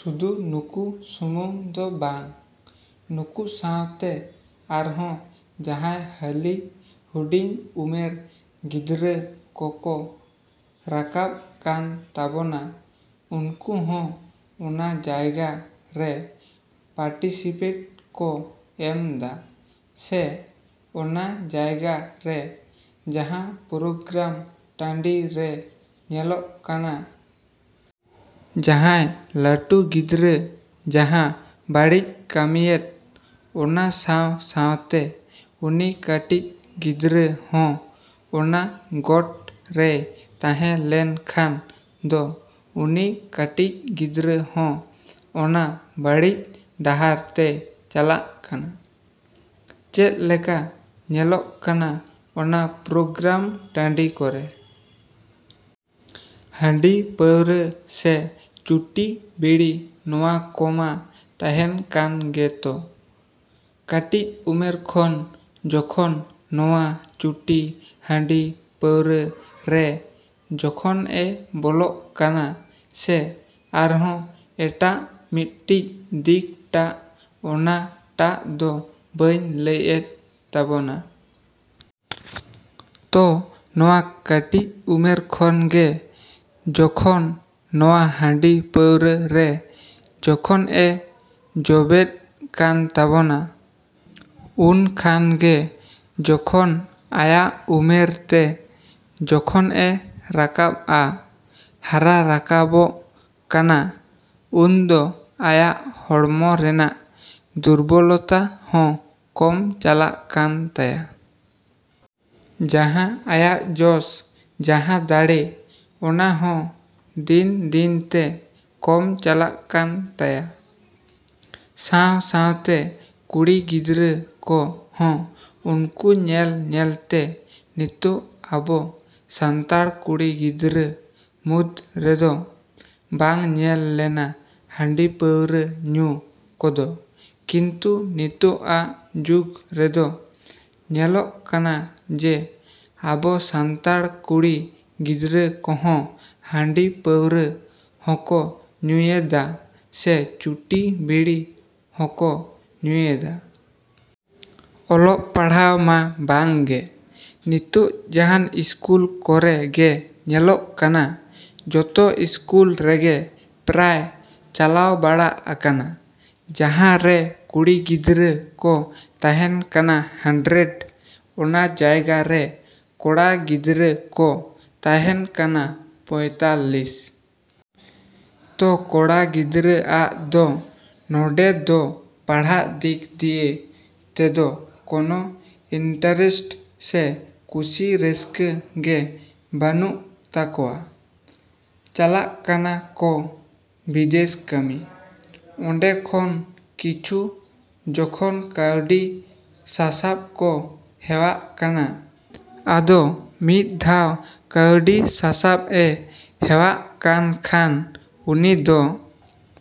ᱥᱩᱫᱩ ᱱᱩᱠᱩ ᱥᱩᱢᱟᱝ ᱫᱚ ᱵᱟᱝ, ᱱᱩᱠᱩ ᱥᱟᱶᱛᱮ ᱟᱨᱦᱚᱸ ᱡᱟᱦᱟᱸᱭ ᱦᱟᱹᱞᱤ ᱦᱩᱰᱤᱧ ᱩᱢᱮᱨ ᱜᱤᱫᱽᱨᱟᱹ ᱠᱚᱠᱚ ᱨᱟᱠᱟᱵ ᱠᱟᱱ ᱛᱟᱵᱚᱱᱟ, ᱩᱱᱠᱩ ᱦᱚᱸ ᱚᱱᱟ ᱡᱟᱭᱜᱟ ᱨᱮ ᱯᱟᱴᱤᱥᱤᱯᱮᱴ ᱠᱚ ᱮᱢᱮᱫᱟ ᱥᱮ ᱚᱱᱟ ᱡᱟᱭᱜᱟ ᱨᱮ ᱡᱟᱦᱟᱸ ᱯᱨᱳᱜᱨᱟᱢ ᱴᱟᱺᱰᱤ ᱨᱮ ᱧᱮᱞᱚᱜ ᱠᱟᱱᱟ᱾ ᱡᱟᱦᱟᱭ ᱞᱟᱹᱴᱩ ᱜᱤᱫᱽᱨᱟᱹ ᱡᱟᱦᱟᱸ ᱵᱟᱹᱲᱤᱡ ᱠᱟᱹᱢᱤᱭᱮᱫ, ᱚᱱᱟ ᱥᱟᱶ ᱥᱟᱶᱛᱮ ᱩᱱᱤ ᱠᱟᱹᱴᱤᱡ ᱜᱤᱫᱽᱨᱟᱹ ᱦᱚᱸ ᱚᱱᱟ ᱜᱚᱴ ᱨᱮᱭ ᱛᱟᱦᱮᱸ ᱞᱮᱱ ᱠᱷᱟᱱ ᱫᱚ ᱩᱱᱤ ᱠᱟᱹᱴᱤᱡ ᱜᱤᱫᱽᱨᱟᱹ ᱦᱚᱸ ᱚᱱᱟ ᱵᱟᱹᱲᱤᱡ ᱰᱟᱦᱟᱨ ᱛᱮᱭ ᱪᱟᱞᱟᱜ ᱠᱟᱱᱟ᱾ ᱪᱮᱫ ᱞᱮᱠᱟ ᱧᱮᱞᱚᱜ ᱠᱟᱱᱟ ᱚᱱᱟ ᱯᱨᱳᱜᱨᱟᱢ ᱴᱟᱺᱰᱤ ᱠᱚᱨᱮ? ᱦᱟᱺᱰᱤ ᱯᱟᱹᱣᱨᱟᱹ ᱥᱮ ᱪᱩᱴᱤ ᱵᱤᱲᱤ ᱱᱚᱣᱟ ᱠᱚᱢᱟ ᱛᱟᱦᱮᱱ ᱠᱟᱱ ᱜᱮ ᱛᱚ᱾ ᱠᱟᱹᱴᱤᱡ ᱩᱢᱮᱨ ᱠᱷᱚᱱ ᱡᱚᱠᱷᱚᱱ ᱱᱚᱣᱟ ᱪᱩᱴᱤ ᱦᱟᱺᱰᱤ ᱯᱟᱹᱣᱨᱟᱹ ᱨᱮ ᱡᱚᱠᱷᱚᱱᱮ ᱵᱚᱞᱚᱜ ᱠᱟᱱᱟ ᱥᱮ ᱟᱨᱦᱚᱸ ᱮᱴᱟᱜ ᱢᱤᱫᱴᱤᱡ ᱫᱤᱠ ᱴᱟᱜ ᱚᱱᱟ ᱴᱟᱜ ᱫᱚ ᱵᱟᱹᱧ ᱞᱟᱹᱭᱮᱫ ᱛᱟᱵᱚᱱᱟ᱾ ᱛᱚ ᱱᱚᱣᱟ ᱠᱟᱹᱴᱤᱡ ᱩᱢᱮᱨ ᱠᱷᱚᱱ ᱜᱮ ᱡᱚᱠᱷᱚᱱ ᱱᱚᱣᱟ ᱦᱟᱺᱰᱤ ᱯᱟᱹᱣᱨᱟᱹ ᱨᱮ ᱡᱚᱠᱷᱚᱱᱮ ᱡᱚᱵᱮᱫ ᱠᱟᱱ ᱛᱟᱵᱚᱱᱟ, ᱩᱱ ᱠᱷᱟᱱ ᱜᱮ ᱡᱚᱠᱷᱚᱱ ᱟᱭᱟᱜ ᱩᱢᱮᱨ ᱛᱮ ᱡᱚᱠᱷᱚᱱᱮ ᱨᱟᱠᱟᱵᱟ, ᱦᱟᱨᱟ ᱨᱟᱠᱟᱵᱚᱜ ᱠᱟᱱᱟ, ᱩᱱᱫᱚ ᱟᱭᱟᱜ ᱦᱚᱲᱢᱚ ᱨᱮᱱᱟᱜ ᱫᱩᱨᱵᱚᱞᱚᱛᱟ ᱦᱚᱸ ᱠᱚᱢ ᱪᱟᱞᱟᱜ ᱠᱟᱱ ᱛᱟᱭᱟ᱾ ᱡᱟᱦᱟᱸ ᱟᱭᱟᱜ ᱡᱚᱥ, ᱡᱟᱦᱟᱸ ᱫᱟᱲᱮ, ᱚᱱᱟ ᱦᱚᱸ ᱫᱤᱱ ᱫᱤᱱᱛᱮ ᱠᱚᱢ ᱪᱟᱞᱟᱜ ᱠᱟᱱ ᱛᱟᱭᱟ᱾ ᱥᱟᱶ ᱥᱟᱶᱛᱮ ᱠᱩᱲᱤ ᱜᱤᱫᱟᱹᱨ ᱠᱚ ᱦᱚᱸ ᱩᱱᱠᱩ ᱧᱮᱞ ᱧᱮᱞᱛᱮ ᱱᱤᱛᱚᱜ ᱟᱵᱚ ᱥᱟᱱᱛᱟᱲ ᱠᱩᱲᱤ ᱜᱤᱫᱽᱨᱟᱹ ᱢᱩᱫᱽ ᱨᱮᱫᱚ ᱵᱟᱝ ᱧᱮᱞ ᱞᱮᱱᱟ ᱦᱟᱺᱰᱤ ᱯᱟᱹᱣᱨᱟᱹ ᱧᱩ ᱠᱚᱫᱚ, ᱠᱤᱱᱛᱩ ᱱᱤᱛᱚᱜᱼᱟᱜ ᱡᱩᱜᱽ ᱨᱮᱫᱚ ᱧᱮᱞᱚᱜ ᱠᱟᱱᱟ ᱡᱮ ᱟᱵᱚ ᱥᱟᱱᱛᱟᱲ ᱠᱩᱲᱤ ᱜᱤᱫᱟᱹᱨ ᱠᱚᱦᱚᱸ ᱦᱟᱺᱰᱤ ᱯᱟᱹᱣᱨᱟᱹ ᱦᱚᱠᱚ ᱧᱩᱭᱮᱫᱟ ᱥᱮ ᱪᱩᱴᱤ ᱵᱤᱲᱤ ᱦᱚᱠᱚ ᱧᱩᱭᱮᱫᱟ᱾ ᱚᱞᱚᱜ ᱯᱟᱲᱦᱟᱣ ᱢᱟ ᱵᱟᱝ ᱜᱮ᱾ ᱱᱤᱛᱚᱜ ᱡᱟᱦᱟᱱ ᱤᱥᱠᱩᱞ ᱠᱚᱨᱮ ᱜᱮ ᱧᱮᱞᱚᱜ ᱠᱟᱱᱟ, ᱡᱚᱛᱚ ᱤᱥᱠᱩᱞ ᱨᱮᱜᱮ ᱯᱨᱟᱭ ᱪᱟᱞᱟᱣ ᱵᱟᱲᱟ ᱟᱠᱟᱱᱟ ᱡᱟᱦᱟᱸ ᱨᱮ ᱠᱩᱲᱤ ᱜᱤᱫᱟᱹᱨ ᱠᱚ ᱛᱟᱦᱮᱱ ᱠᱟᱱᱟ ᱦᱟᱱᱰᱨᱮᱰ, ᱚᱱᱟ ᱡᱟᱭᱜᱟ ᱨᱮ ᱠᱚᱲᱟ ᱜᱤᱫᱟᱹᱨ ᱠᱚ ᱛᱟᱦᱮᱱ ᱠᱟᱱᱟ ᱯᱚᱭᱛᱟᱞᱤᱥ᱾ ᱛᱚ ᱠᱚᱲᱟ ᱜᱤᱫᱟᱹᱨᱟᱜ ᱫᱚ ᱱᱚᱰᱮ ᱫᱚ ᱯᱟᱲᱦᱟᱜ ᱫᱤᱠ ᱫᱤᱭᱮ ᱛᱮᱫᱚ ᱠᱚᱱᱚ ᱤᱱᱴᱨᱟᱥᱴ ᱥᱮ ᱠᱩᱥᱤ ᱨᱟᱹᱥᱠᱟᱹ ᱜᱮ ᱵᱟᱱᱩᱜᱼᱟᱱ ᱛᱟᱠᱚᱣᱟ᱾ ᱪᱟᱞᱟᱜ ᱠᱟᱱᱟ ᱠᱚ ᱵᱤᱫᱮᱥ ᱠᱟᱹᱢᱤ, ᱚᱸᱰᱮ ᱠᱷᱚᱱ ᱠᱤᱪᱷᱩ ᱡᱚᱠᱷᱚᱱ ᱠᱟᱹᱣᱰᱤ ᱥᱟᱥᱟᱵ ᱠᱚ ᱦᱮᱣᱟᱜ ᱠᱟᱱᱟ, ᱟᱫᱚ ᱢᱤᱫ ᱫᱷᱟᱣ ᱠᱟᱹᱣᱰᱤ ᱥᱟᱥᱟᱵᱮ ᱦᱮᱣᱟᱜ ᱠᱟᱱ ᱠᱷᱟᱱ ᱩᱱᱤ ᱫᱚ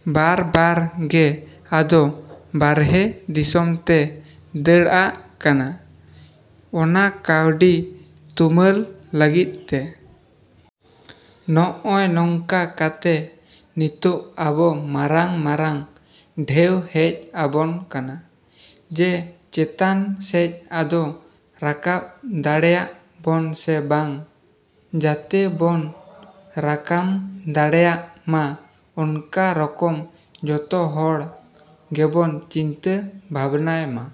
ᱵᱟᱨᱼᱵᱟᱨ ᱜᱮ ᱟᱫᱚ ᱵᱟᱨᱦᱮ ᱫᱤᱥᱚᱢ ᱛᱮ ᱫᱟᱹᱲᱟᱜ ᱠᱟᱱᱟ ᱚᱱᱟ ᱠᱟᱹᱣᱰᱤ ᱛᱩᱢᱟᱹᱞ ᱞᱟᱹᱜᱤᱫ ᱛᱮ᱾ ᱱᱚᱜᱼᱚᱭ ᱱᱚᱝᱠᱟ ᱠᱟᱛᱮ ᱱᱤᱛᱚᱜ ᱟᱵᱚ ᱢᱟᱨᱟᱝ ᱢᱤᱫᱴᱟᱝ ᱰᱷᱮᱣ ᱦᱮᱡ ᱟᱵᱚᱱ ᱠᱟᱱᱟ ᱡᱮ ᱪᱮᱛᱟᱱ ᱥᱮᱡ ᱟᱫᱚ ᱨᱟᱠᱟᱵ ᱫᱟᱲᱮᱭᱟᱜ ᱵᱚᱱ ᱥᱮ ᱵᱟᱝ? ᱡᱟᱛᱮ ᱵᱚᱱ ᱨᱟᱠᱟᱢ ᱫᱟᱲᱮᱭᱟᱜ ᱢᱟ ᱚᱱᱠᱟ ᱨᱚᱠᱚᱢ ᱡᱚᱛᱚ ᱦᱚᱲ ᱜᱮᱵᱚᱱ ᱪᱤᱱᱛᱟᱹ ᱵᱷᱟᱵᱱᱟᱭᱢᱟ। ‎